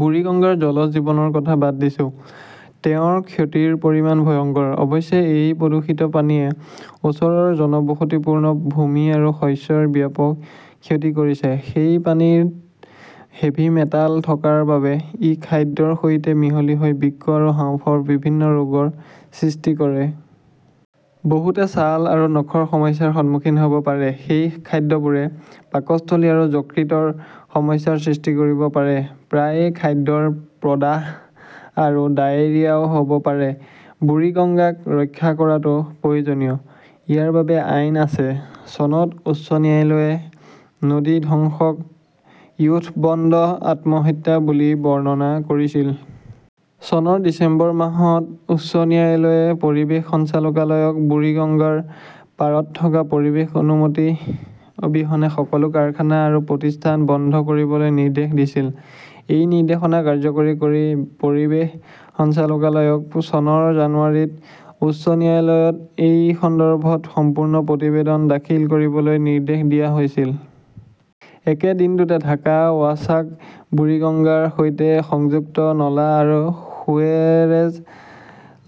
বুৰিগঙ্গাৰ জলজ জীৱনৰ কথা বাদ দিছো। তেওঁৰ ক্ষতিৰ পৰিমাণ ভয়ংকৰ। অৱশ্যে, এই প্ৰদূষিত পানীয়ে ওচৰৰ জনবসতিপূৰ্ণ ভূমি আৰু শস্যৰ ব্যাপক ক্ষতি কৰিছে। সেই পানীত হেভি মেটাল থকাৰ বাবে ই খাদ্যৰ সৈতে মিহলি হৈ বৃক্ক আৰু হাঁওফাঁওৰ বিভিন্ন ৰোগৰ সৃষ্টি কৰে। বহুতে ছাল আৰু নখৰ সমস্যাৰ সন্মুখীন হ'ব পাৰে। সেই খাদ্যবোৰে পাকস্থলী আৰু যকৃতৰ সমস্যাৰ সৃষ্টি কৰিব পাৰে। প্ৰায়ে খাদ্যৰ প্ৰদাহ আৰু ডায়েৰিয়াও হ'ব পাৰে। বুৰিগংগাক ৰক্ষা কৰাটো প্ৰয়োজনীয়। ইয়াৰ বাবে আইন আছে। চনত উচ্চ ন্যায়ালয়ে নদী ধ্বংসক য়ুথবন্দ আত্মহত্যা বুলি বৰ্ণনা কৰিছিল। চনৰ ডিচেম্বৰ মাহত উচ্চ ন্যায়ালয়ে পৰিৱেশ সঞ্চালকালয়ক বুৰিগঙ্গাৰ পাৰত থকা পৰিৱেশ অনুমতি অবিহনে সকলো কাৰখানা আৰু প্ৰতিষ্ঠান বন্ধ কৰিবলৈ নিৰ্দেশ দিছিল। এই নিৰ্দেশনা কাৰ্যকৰী কৰি পৰিৱেশ সঞ্চালকালয়ক চনৰ জানুৱাৰীত উচ্চ ন্যায়ালয়ত এই সন্দৰ্ভত সম্পূৰ্ণ প্ৰতিবেদন দাখিল কৰিবলৈ নিৰ্দেশ দিয়া হৈছিল। একে দিনটোতে ঢাকা ৱাছাক বুৰিগঙ্গাৰ সৈতে সংযুক্ত নলা আৰু সুৱেৰেজ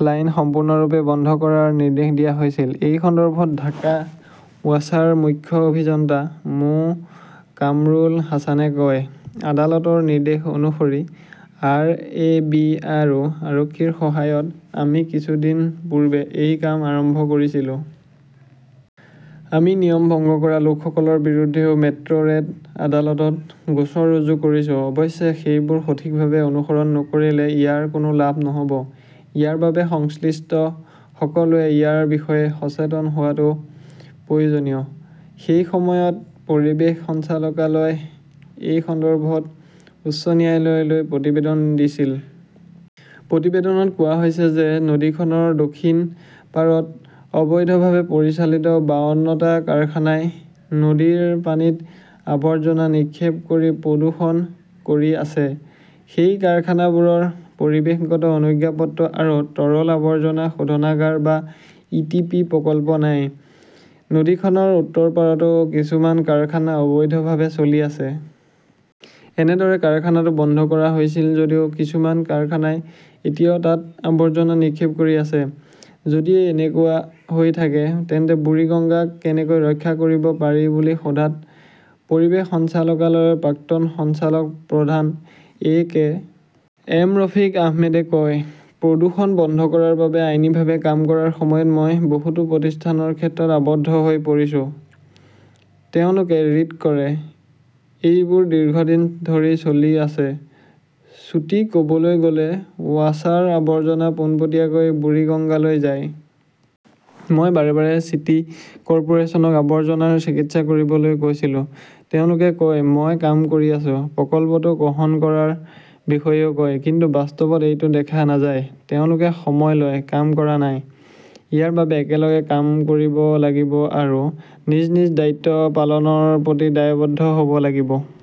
লাইন সম্পূৰ্ণৰূপে বন্ধ কৰাৰ নিৰ্দেশ দিয়া হৈছিল। এই সন্দৰ্ভত ঢাকা ৱাছাৰ মুখ্য অভিযন্তা মো. কামৰুল হাছানে কয়, আদালতৰ নিৰ্দেশ অনুসৰি আৰএবি আৰু আৰক্ষীৰ সহায়ত আমি কিছুদিন পূৰ্বে এই কাম আৰম্ভ কৰিছিলো। আমি নিয়ম ভংগ কৰা লোকসকলৰ বিৰুদ্ধেও মেট্ৰ'ৰেট আদালতত গোচৰ ৰুজু কৰিছো। অৱশ্যে, সেইবোৰ সঠিকভাৱে অনুসৰণ নকৰিলে ইয়াৰ কোনো লাভ নহ'ব। ইয়াৰ বাবে সংশ্লিষ্ট সকলোৱে ইয়াৰ বিষয়ে সচেতন হোৱাটো প্ৰয়োজনীয়। সেই সময়ত পৰিৱেশ সঞ্চালকালয়ই এই সন্দৰ্ভত উচ্চ ন্যায়ালয়লৈ প্ৰতিবেদন দিছিল। প্ৰতিবেদনত কোৱা হৈছে যে নদীখনৰ দক্ষিণ পাৰত অবৈধভাৱে পৰিচালিত বাৱন্ন টা কাৰখানাই নদীৰ পানীত আৱৰ্জনা নিক্ষেপ কৰি প্ৰদূষণ কৰি আছে। সেই কাৰখানাবোৰৰ পৰিৱেশগত অনুজ্ঞাপত্ৰ আৰু তৰল আৱৰ্জনা শোধনাগাৰ বা ইটিপি প্ৰকল্প নাই। নদীখনৰ উত্তৰ পাৰতো কিছুমান কাৰখানা অবৈধভাৱে চলি আছে। এনেদৰে কাৰখানাটো বন্ধ কৰা হৈছিল যদিও কিছুমান কাৰখানাই এতিয়াও তাত আৱৰ্জনা নিক্ষেপ কৰি আছে। যদি এনেকুৱা হৈ থাকে তেন্তে বুৰিগংগাক কেনেকৈ ৰক্ষা কৰিব পাৰি বুলি সোধাত পৰিৱেশ সঞ্চালকালয়ৰ প্ৰাক্তন সঞ্চালক প্ৰধান এ. কে. এম. ৰফিক আহমেদে কয়, প্ৰদূষণ বন্ধ কৰাৰ বাবে আইনীভাৱে কাম কৰাৰ সময়ত মই বহুতো প্ৰতিষ্ঠানৰ ক্ষেত্ৰত আবদ্ধ হৈ পৰিছো। তেওঁলোকে ৰিট কৰে। এইবোৰ দীৰ্ঘদিন ধৰি চলি আছে। চুটি ক'বলৈ গ'লে ৱাছাৰ আৱৰ্জনা পোনপটীয়াকৈ বুৰিগঙ্গালৈ যায়। মই বাৰে বাৰে চিটি কৰ্পোৰেচনক আৱৰ্জনাৰ চিকিৎসা কৰিবলৈ কৈছিলো। তেওঁলোকে কয় মই কাম কৰি আছো। প্ৰকল্পটো গ্ৰহণ কৰাৰ বিষয়েও কয়। কিন্তু বাস্তৱত এইটো দেখা নাযায়। তেওঁলোকে সময় লয়, কাম কৰা নাই। ইয়াৰ বাবে একেলগে কাম কৰিব লাগিব আৰু নিজ নিজ দায়িত্ব পালনৰ প্ৰতি দায়বদ্ধ হ'ব লাগিব।